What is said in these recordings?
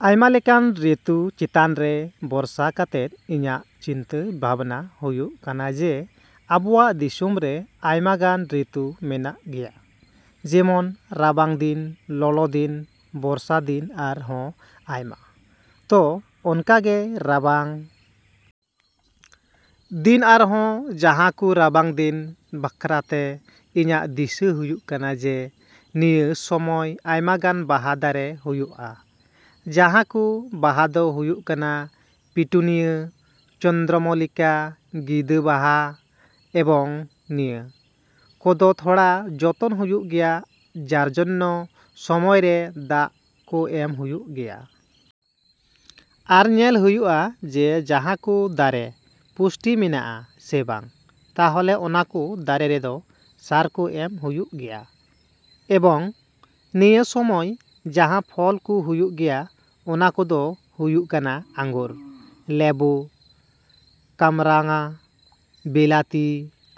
ᱟᱭᱢᱟ ᱞᱮᱠᱟᱱ ᱨᱤᱛᱩ ᱪᱮᱛᱟᱱ ᱨᱮ ᱵᱷᱚᱨᱥᱟ ᱠᱟᱛᱮᱫ ᱤᱧᱟᱹᱜ ᱪᱤᱱᱛᱟᱹ ᱵᱷᱟᱵᱽᱱᱟ ᱦᱩᱭᱩᱜ ᱠᱟᱱᱟ ᱡᱮ ᱟᱵᱚᱣᱟᱜ ᱫᱤᱥᱚᱢ ᱨᱮ ᱟᱭᱢᱟᱜᱟᱱ ᱨᱤᱛᱩ ᱢᱮᱱᱟᱜ ᱜᱮᱭᱟ, ᱡᱮᱢᱚᱱ ᱨᱟᱵᱟᱝ ᱫᱤᱱ, ᱞᱚᱞᱚ ᱫᱤᱱ, ᱵᱚᱨᱥᱟ ᱫᱤᱱ ᱟᱨ ᱦᱚᱸ ᱟᱭᱢᱟ᱾ ᱛᱚ ᱚᱱᱠᱟᱜᱮ ᱨᱟᱵᱟᱝ ᱫᱤᱱ ᱟᱨ ᱦᱚᱸ ᱡᱟᱦᱟᱸ ᱠᱚ ᱨᱟᱵᱟᱝ ᱫᱤᱱ ᱵᱟᱠᱷᱨᱟᱛᱮ ᱤᱧᱟᱹᱜ ᱫᱤᱥᱟᱹ ᱦᱩᱭᱩᱜ ᱠᱟᱱᱟ ᱡᱮ ᱱᱤᱭᱟᱹ ᱥᱚᱢᱚᱭ ᱟᱭᱢᱟᱜᱟᱱ ᱵᱟᱦᱟ ᱫᱟᱨᱮ ᱦᱩᱭᱩᱜᱼᱟ ᱡᱟᱦᱟᱸ ᱠᱚ ᱵᱟᱦᱟ ᱫᱚ ᱦᱩᱭᱩᱜ ᱠᱟᱱᱟ ᱯᱤᱴᱩᱱᱤᱭᱟ, ᱪᱚᱱᱫᱽᱨᱚᱢᱚᱞᱞᱤᱠᱟ, ᱜᱮᱸᱫᱟ ᱵᱟᱦᱟ ᱮᱵᱚᱝ ᱱᱤᱭᱟᱹ ᱠᱚᱫᱚ ᱛᱷᱚᱲᱟ ᱡᱚᱛᱚᱱ ᱦᱩᱭᱩᱜ ᱜᱮᱭᱟ ᱡᱟᱨ ᱡᱚᱱᱱᱚ ᱥᱚᱢᱚᱭ ᱨᱮ ᱫᱟᱜ ᱠᱚ ᱮᱢ ᱦᱩᱭᱩᱜ ᱜᱮᱭᱟ᱾ ᱟᱨ ᱧᱮᱞ ᱦᱩᱭᱩᱜᱼᱟ ᱡᱮ ᱡᱟᱦᱟᱸ ᱠᱚ ᱫᱟᱨᱮ ᱯᱩᱥᱴᱤ ᱢᱮᱱᱟᱜᱼᱟ ᱥᱮ ᱵᱟᱝ, ᱛᱟᱦᱞᱮ ᱚᱱᱟ ᱠᱚ ᱫᱟᱨᱮ ᱨᱮᱫᱚ ᱥᱟᱨ ᱠᱚ ᱮᱢ ᱦᱩᱭᱩᱜ ᱜᱮᱭᱟ᱾ ᱮᱵᱚᱝ ᱱᱤᱭᱟᱹ ᱥᱚᱢᱚᱭ ᱡᱟᱦᱟᱸ ᱯᱷᱚᱞ ᱠᱚ ᱦᱩᱭᱩᱜ ᱜᱮᱭᱟ ᱚᱱᱟ ᱠᱚᱫᱚ ᱦᱩᱭᱩᱜ ᱠᱟᱱᱟ ᱟᱸᱜᱩᱨ, ᱞᱮᱵᱩ, ᱠᱟᱢᱨᱟᱝᱟ, ᱵᱤᱞᱟᱛᱤ,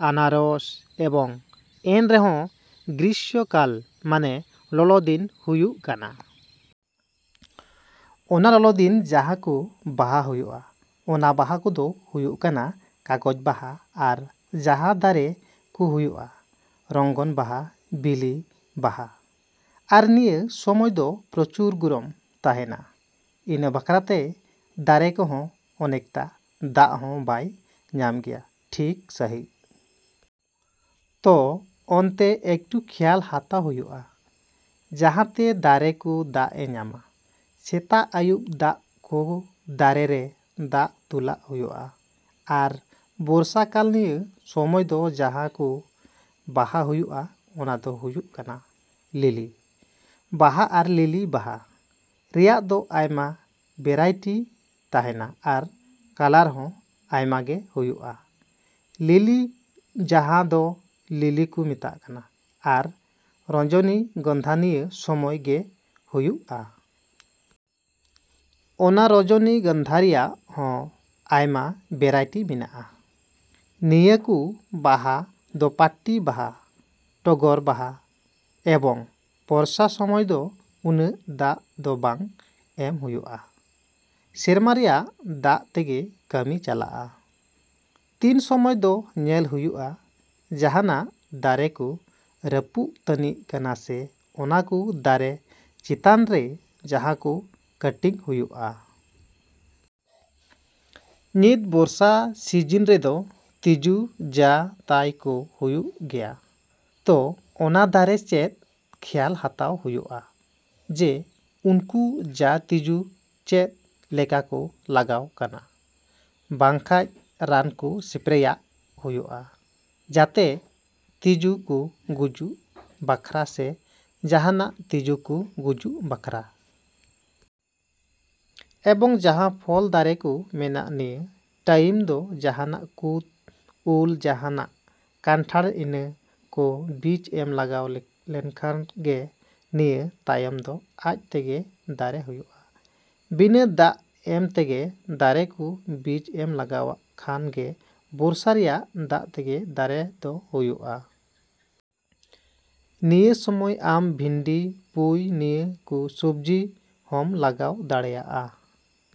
ᱟᱱᱟᱨᱚᱥ ᱮᱵᱚᱝ ᱮᱱᱨᱮᱦᱚᱸ ᱜᱨᱤᱥᱥᱚ ᱠᱟᱞ ᱢᱟᱱᱮ ᱞᱚᱞᱚ ᱫᱤᱱ ᱦᱩᱭᱩᱜ ᱠᱟᱱᱟ᱾ ᱚᱱᱟ ᱞᱚᱞᱚ ᱫᱤᱱ ᱡᱟᱦᱟᱸ ᱠᱚ ᱵᱟᱦᱟ ᱦᱩᱭᱩᱜᱼᱟ ᱚᱱᱟ ᱵᱟᱦᱟ ᱠᱚᱫᱚ ᱦᱩᱭᱩᱜ ᱠᱟᱱᱟ ᱠᱟᱜᱚᱡᱽ ᱵᱟᱦᱟ ᱟᱨ ᱡᱟᱦᱟᱸ ᱫᱟᱨᱮ ᱠᱚ ᱦᱩᱭᱩᱜᱼᱟ ᱨᱚᱝᱜᱚᱱ ᱵᱟᱦᱟ, ᱵᱤᱞᱤ ᱵᱟᱦᱟ᱾ ᱟᱨ ᱱᱤᱭᱟᱹ ᱥᱚᱢᱚᱭ ᱫᱚ ᱯᱨᱚᱪᱩᱨ ᱜᱚᱨᱚᱢ ᱛᱟᱦᱮᱸᱱᱟ, ᱤᱱᱟᱹ ᱵᱟᱠᱷᱨᱟᱛᱮ ᱫᱟᱨᱮ ᱠᱚᱦᱚᱸ ᱚᱱᱮᱠᱴᱟ ᱫᱟᱜ ᱦᱚᱸ ᱵᱟᱭ ᱧᱟᱢ ᱜᱮᱭᱟ ᱴᱷᱤᱠ ᱥᱟᱹᱦᱤᱡ᱾ ᱛᱚ ᱚᱱᱛᱮ ᱮᱠᱴᱩ ᱠᱷᱮᱭᱟᱞ ᱦᱟᱛᱟᱣ ᱦᱩᱭᱩᱜᱼᱟ ᱡᱟᱦᱟᱸ ᱛᱮ ᱫᱟᱨᱮ ᱠᱚ ᱫᱟᱜ ᱮ ᱧᱟᱢᱟ᱾ ᱥᱮᱛᱟᱜ ᱟᱭᱩᱵ ᱫᱟᱜ ᱠᱚ ᱫᱟᱨᱮ ᱨᱮ ᱫᱟᱜ ᱫᱩᱞᱟᱜ ᱦᱩᱭᱩᱜᱼᱟ᱾ ᱟᱨ ᱵᱚᱨᱥᱟ ᱠᱟᱞ ᱱᱤᱭᱟᱹ ᱥᱚᱢᱚᱭ ᱫᱚ ᱡᱟᱦᱟᱸ ᱠᱚ ᱵᱟᱦᱟ ᱦᱩᱭᱩᱜᱼᱟ ᱚᱱᱟ ᱫᱚ ᱦᱩᱭᱩᱜ ᱠᱟᱱᱟ ᱞᱤᱞᱤ ᱵᱟᱦᱟ ᱟᱨ ᱞᱤᱞᱤ ᱵᱟᱦᱟ ᱨᱮᱭᱟᱜ ᱫᱚ ᱟᱭᱢᱟ ᱵᱷᱮᱨᱟᱭᱴᱤ ᱛᱟᱦᱮᱸᱱᱟ ᱟᱨ ᱠᱟᱞᱟᱨ ᱦᱚᱸ ᱟᱭᱢᱟᱜᱮ ᱦᱩᱭᱩᱜᱼᱟ ᱞᱤᱞᱤ ᱡᱟᱦᱟᱸ ᱫᱚ ᱞᱤᱞᱤ ᱠᱚ ᱢᱮᱛᱟᱜ ᱠᱟᱱᱟ ᱟᱨ ᱨᱚᱡᱚᱱᱤ ᱜᱚᱱᱫᱷᱟ ᱱᱤᱭᱟᱹ ᱥᱚᱢᱚᱭ ᱜᱮ ᱦᱩᱭᱩᱜᱼᱟ᱾ ᱚᱱᱟ ᱨᱚᱡᱚᱱᱤ ᱜᱚᱱᱫᱷᱟ ᱨᱮᱭᱟᱜ ᱦᱚᱸ ᱟᱭᱢᱟ ᱵᱷᱮᱨᱟᱭᱴᱤ ᱢᱮᱱᱟᱜᱼᱟ᱾ ᱱᱤᱭᱟᱹ ᱠᱚ ᱵᱟᱦᱟ ᱫᱳᱯᱟᱴᱤ ᱵᱟᱦᱟ, ᱴᱚᱜᱚᱨ ᱵᱟᱦᱟ ᱮᱵᱚᱝ ᱵᱚᱨᱥᱟ ᱥᱚᱢᱚᱭ ᱫᱚ ᱩᱱᱟᱹᱜ ᱫᱟᱜ ᱫᱚ ᱵᱟᱝ ᱮᱢ ᱦᱩᱭᱩᱜᱼᱟ, ᱥᱮᱨᱢᱟ ᱨᱮᱭᱟᱜ ᱫᱟᱜ ᱛᱮᱜᱮ ᱠᱟᱢᱤ ᱪᱟᱞᱟᱜᱼᱟ᱾ ᱛᱤᱱ ᱥᱚᱢᱚᱭ ᱫᱚ ᱧᱮᱞ ᱦᱩᱭᱩᱜᱼᱟ ᱡᱟᱦᱟᱸᱱᱟᱜ ᱫᱟᱨᱮ ᱠᱚ ᱨᱟᱯᱩᱜ ᱛᱟᱱᱤᱜ ᱠᱟᱱᱟ ᱥᱮ ᱚᱱᱟ ᱠᱚ ᱫᱟᱨᱮ ᱪᱮᱛᱟᱱ ᱨᱮ ᱡᱟᱦᱟᱸ ᱠᱚ ᱠᱟᱴᱤᱝ ᱦᱩᱭᱩᱜᱼᱟ᱾ ᱱᱤᱛ ᱵᱚᱨᱥᱟ ᱥᱤᱡᱤᱱ ᱨᱮᱫᱚ ᱛᱤᱡᱩ ᱡᱟ ᱛᱟᱭ ᱠᱚ ᱦᱩᱭᱩᱜ ᱜᱮᱭᱟ ᱛᱚ ᱚᱱᱟ ᱫᱟᱨᱮ ᱥᱮᱫ ᱠᱷᱮᱭᱟᱞ ᱦᱟᱛᱟᱣ ᱦᱩᱭᱩᱜᱼᱟ ᱡᱮ ᱩᱱᱠᱩ ᱡᱟ ᱛᱤᱡᱩ ᱪᱮᱫ ᱞᱮᱠᱟ ᱠᱚ ᱞᱟᱜᱟᱣ ᱠᱟᱱᱟ, ᱵᱟᱝ ᱠᱷᱟᱡ ᱨᱟᱱ ᱠᱚ ᱥᱯᱨᱮᱭᱟᱜ ᱦᱩᱭᱩᱜᱼᱟ ᱡᱟᱛᱮ ᱛᱤᱡᱩ ᱠᱚ ᱜᱩᱡᱩᱜ ᱵᱟᱠᱷᱨᱟ ᱥᱮ ᱡᱟᱦᱟᱸᱱᱟᱜ ᱛᱤᱡᱩ ᱠᱚ ᱜᱩᱡᱩᱜ ᱵᱟᱠᱷᱨᱟ᱾ ᱮᱵᱚᱝ ᱡᱟᱦᱟᱸ ᱯᱷᱚᱞ ᱫᱟᱨᱮ ᱠᱚ ᱢᱮᱱᱟᱜ ᱱᱤᱭᱟᱹ ᱴᱟᱭᱤᱢ ᱫᱚ ᱡᱟᱦᱟᱸᱱᱟᱜ ᱠᱩᱛ, ᱩᱞ, ᱡᱟᱦᱟᱸᱱᱟᱜ ᱠᱟᱱᱴᱷᱟᱲ ᱤᱱᱟᱹ ᱠᱚ ᱵᱤᱪ ᱮᱢ ᱞᱟᱜᱟᱣ ᱞᱮᱠᱷᱟᱱ ᱜᱮ ᱱᱤᱭᱟᱹ ᱛᱟᱭᱚᱢ ᱫᱚ ᱟᱡ ᱛᱮᱜᱮ ᱫᱟᱨᱮ ᱦᱩᱭᱩᱜᱼᱟ᱾ ᱵᱤᱱᱟᱹ ᱫᱟᱜ ᱮᱢ ᱛᱮᱜᱮ ᱫᱟᱨᱮ ᱠᱚ ᱵᱤᱪ ᱮᱢ ᱞᱟᱜᱟᱣᱟᱜ ᱠᱷᱟᱱ ᱜᱮ ᱵᱚᱨᱥᱟ ᱨᱮᱭᱟᱜ ᱫᱟᱜ ᱛᱮᱜᱮ ᱫᱟᱨᱮ ᱫᱚ ᱦᱩᱭᱩᱜᱼᱟ᱾ ᱱᱤᱭᱟᱹ ᱥᱚᱢᱚᱭ ᱟᱢ ᱵᱷᱤᱱᱰᱤ, ᱯᱩᱭ ᱱᱤᱭᱟᱹ ᱠᱚ ᱥᱚᱵᱽᱡᱤ ᱦᱚᱸᱢ ᱞᱟᱜᱟᱣ ᱫᱟᱲᱮᱭᱟᱜᱼᱟ।